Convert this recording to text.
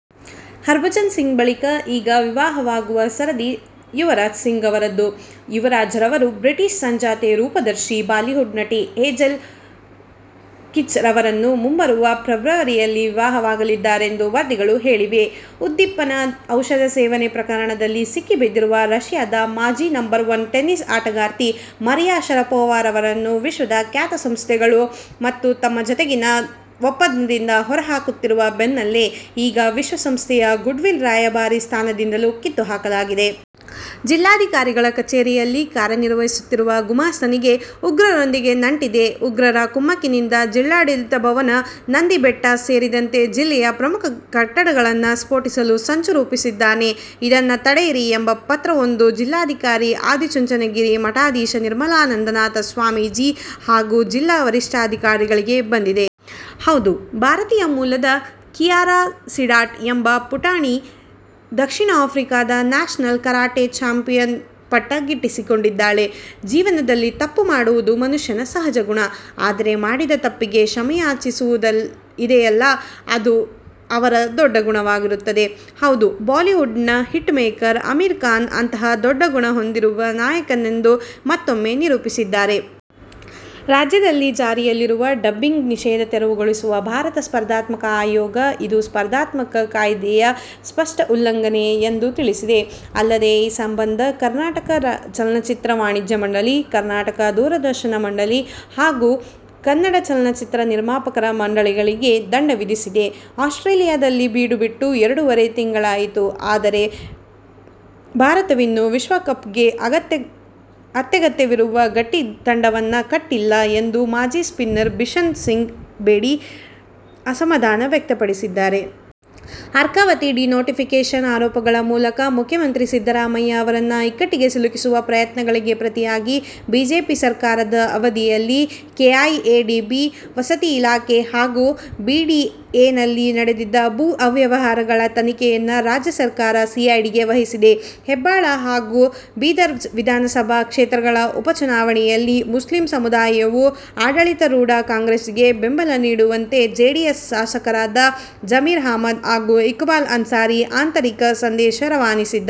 ಹರ್ಭಜನ್ ಸಿಂಗ್ ಬಳಿಕ ಈಗ ವಿವಾಹವಾಗುವ ಸರದಿ ಯುವರಾಜ್ ಸಿಂಗ್ ಅವರದು. ಯುವರಾಜ್ ಅವರು ಬ್ರಿಟಿಷ್ ಸಂಜಾತೆ ರೂಪದರ್ಶಿ, ಬಾಲಿವುಡ್ನಟಿ ಹೇಜೆಲ್ ಕೀಚ್ ಅವರನ್ನು ಮುಂಬರುವ ಫೆಬ್ರವರಿಯಲ್ಲಿ ವಿವಾಹವಾಗಲಿದ್ದಾರೆಂದು ವರದಿಗಳು ಹೇಳಿವೆ. ಉದ್ದೀಪನ ಔಷಧ ಸೇವನೆ ಪ್ರಕರಣದಲ್ಲಿ ಸಿಕ್ಕಿಬಿದ್ದಿರುವ ರಷ್ಯಾದ ಮಾಜಿ ನಂಬರ್ ಒನ್ ಟೆನಿಸ್ ಆಟಗಾರ್ತಿ ಮರಿಯಾ ಶರಪೋವಾರನ್ನು ವಿಶ್ವದ ಖ್ಯಾತ ಸಂಸ್ಥೆಗಳು ತಮ್ಮ ಜತೆಗಿನ ಒಪ್ಪಂದದಿಂದ ಹೊರ ಹಾಕುತ್ತಿರುವ ಬೆನ್ನಲ್ಲೇ ಈಗ ವಿಶ್ವ ಸಂಸ್ಥೆಯ "ಗುಡ್ವಿಲ್ ರಾಯಭಾರಿ' ಸ್ಥಾನದಿಂದಲೂ ಕಿತ್ತು ಹಾಕಲಾಗಿದೆ. "ಜಿಲ್ಲಾಧಿಕಾರಿಗಳ ಕಚೇರಿಯಲ್ಲಿ ಕಾರ್ಯ ನಿರ್ವಹಿಸುತ್ತಿರುವ ಗುಮಾಸ್ತನಿಗೆ ಉಗ್ರರೊಂದಿಗೆ ನಂಟಿದೆ. ಉಗ್ರರ ಕುಮ್ಮಕ್ಕಿನಿಂದ ಜಿಲ್ಲಾಡ ಳಿತ ಭವನ, ನಂದಿಬೆಟ್ಟ ಸೇರಿದಂತೆ ಜಿಲ್ಲೆಯ ಪ್ರಮುಖ ಕಟ್ಟಡಗಳನ್ನು ಸ್ಫೋಟಿಸಲು ಸಂಚು ರೂಪಿಸಿದ್ದಾನೆ. ಇದನ್ನು ತಡೆಯಿರಿ' ಎಂಬ ಪತ್ರ ವೊಂದು ಜಿಲ್ಲಾಧಿಕಾರಿ, ಆದಿಚುಂಚನಗಿರಿ ಮಠಾಧೀಶ ನಿರ್ಮಲಾನಂದ ನಾಥ ಸ್ವಾಮೀಜಿ ಹಾಗೂ ಜಿಲ್ಲಾ ವರಿಷ್ಠಾಧಿಕಾರಿಗಳಿಗೆ ಬಂದಿದೆ. ಹೌದು ಭಾರತೀಯ ಮೂಲದ ಖಿಯಾರಾ ಸೀಡಾಟ್ ಎಂಬ ಪುಟಾಣಿ ದಕ್ಷಿಣ ಆಫ್ರಿಕಾದ ನ್ಯಾಷನಲ್ ಕರಾಟೆ ಚಾಂಪಿಯನ್ ಪಟ್ಟ ಗಿಟಿಸಿಕೊಂಡಿದ್ದಾಳೆ! ಜೀವನದಲ್ಲಿ ತಪ್ಪುಮಾಡುವುದು ಮನುಷ್ಯನ ಸಹಜ ಗುಣ, ಆದರೆ ಮಾಡಿದ ತಪ್ಪಿಗೆ ಕ್ಷಮೆಯಾಚಿಸುದಿದೆಯಲ್ಲಾ ಅದೇ ಅವರ ದೊಡ್ಡ ಗುಣವಾಗಿರುತ್ತದೆ. ಹೌದು ಬಾಲಿವುಡ್ ನ ಹಿಟ್ ಮೇಕರ್ ಅಮೀರ್ ಖಾನ್ ಅಂತಹ ದೊಡ್ಡ ಗುಣ ಹೊಂದಿರುವ ನಾಯಕನೆಂದು ಮತ್ತೊಮ್ಮೆ ನಿರೂಪಿಸಿದ್ದಾರೆ. ರಾಜ್ಯದಲ್ಲಿ ಜಾರಿಯಲ್ಲಿರುವ ಡಬ್ಬಿಂಗ್ ನಿಷೇಧ ತೆರವುಗೊಳಿಸಿರುವ ಭಾರತ ಸ್ಪರ್ಧಾತ್ಮಕ ಆಯೋಗ, ಇದು ಸ್ಮರ್ಧಾತ್ಮಕ ಕಾಯ್ದೆಯ ಸ್ಪಷ್ಟ ಉಲ್ಲಂಘನೆ ಎಂದು ತಿಳಿಸಿದೆ. ಅಲ್ಲದೆ, ಈ ಸಂಬಂಧ ಕರ್ನಾಟಕ ಚಲನಚಿತ್ರ ವಾಣಿಜ್ಯ ಮಂಡಳಿ, ಕರ್ನಾಟಕ ದೂರದರ್ಶನ ಮಂಡಳಿ ಹಾಗೂ ಕನ್ನಡ ಚಲನಚಿತ್ರ ನಿರ್ಮಾಪಕರ ಮಂಡಳಿಗಳಿಗೆ ದಂಡ ವಿಧಿಸಿದೆ. ಆಸ್ಟ್ರೇಲಿಯದಲ್ಲಿ ಬೀಡುಬಿಟ್ಟು ಎರಡೂವರೆ ತಿಂಗಳಾಯಿತು, ಆದರೆ ಭಾರತವಿನ್ನೂ ವಿಶ್ವಕಪ್ಗೆ ಅತ್ಯಗತ್ಯವಿರುವ ಗಟ್ಟಿ ತಂಡವನ್ನು ಕಟ್ಟಿಲ್ಲ ಎಂದು ಮಾಜಿ ಸ್ಪಿನ್ನರ್ ಬಿಷನ್ ಸಿಂಗ್ ಬೇಡಿ ಅಸಮಾಧಾನ ವ್ಯಕ್ತಪಡಿಸಿದ್ದಾರೆ. ಅರ್ಕಾವತಿ ಡಿನೋಟಿಫಿಕೇಷನ್ ಆರೋಪಗಳ ಮೂಲಕ ಮುಖ್ಯಮಂತ್ರಿ ಸಿದ್ದರಾಮಯ್ಯ ಅವರನ್ನು ಇಕ್ಕಟ್ಟಿಗೆ ಸಿಲುಕಿಸುವ ಪ್ರಯತ್ನಗಳಿಗೆ ಪ್ರತಿಯಾಗಿ ಬಿಜೆಪಿ ಸರ್ಕಾರದ ಅವಧಿಯಲ್ಲಿ ಕೆಐಎಡಿಬಿ, ವಸತಿ ಇಲಾಖೆ ಹಾಗೂ ಬಿಡಿಎನಲ್ಲಿ ನಡೆದಿದ್ದ ಭೂ ಅವ್ಯವಹಾರಗಳ ತನಿಖೆ ಯನ್ನು ರಾಜ್ಯ ಸರ್ಕಾರ ಸಿಐಡಿಗೆ ವಹಿಸಿದೆ. ಹೆಬ್ಟಾಳ ಹಾಗೂ ಬೀದರ್ ವಿಧಾನಸಭಾ ಕ್ಷೇತ್ರಗಳ ಉಪಚುನಾವಣೆಯಲ್ಲಿ ಮುಸ್ಲಿಂ ಸಮುದಾಯವು ಆಡಳಿತಾರೂಢ ಕಾಂಗ್ರೆಸ್ಸಿಗೆ ಬೆಂಬಲ ನೀಡುವಂತೆ ಜೆಡಿಎಸ್ ಶಾಸಕರಾದ ಜಮೀರ್ ಅಹಮದ್ ಹಾಗೂ ಇಕ್ಬಾಲ್ ಅನ್ಸಾರಿ ಆಂತರಿಕ ಸಂದೇಶ ರವಾನಿಸಿದ್ದಾರೆ.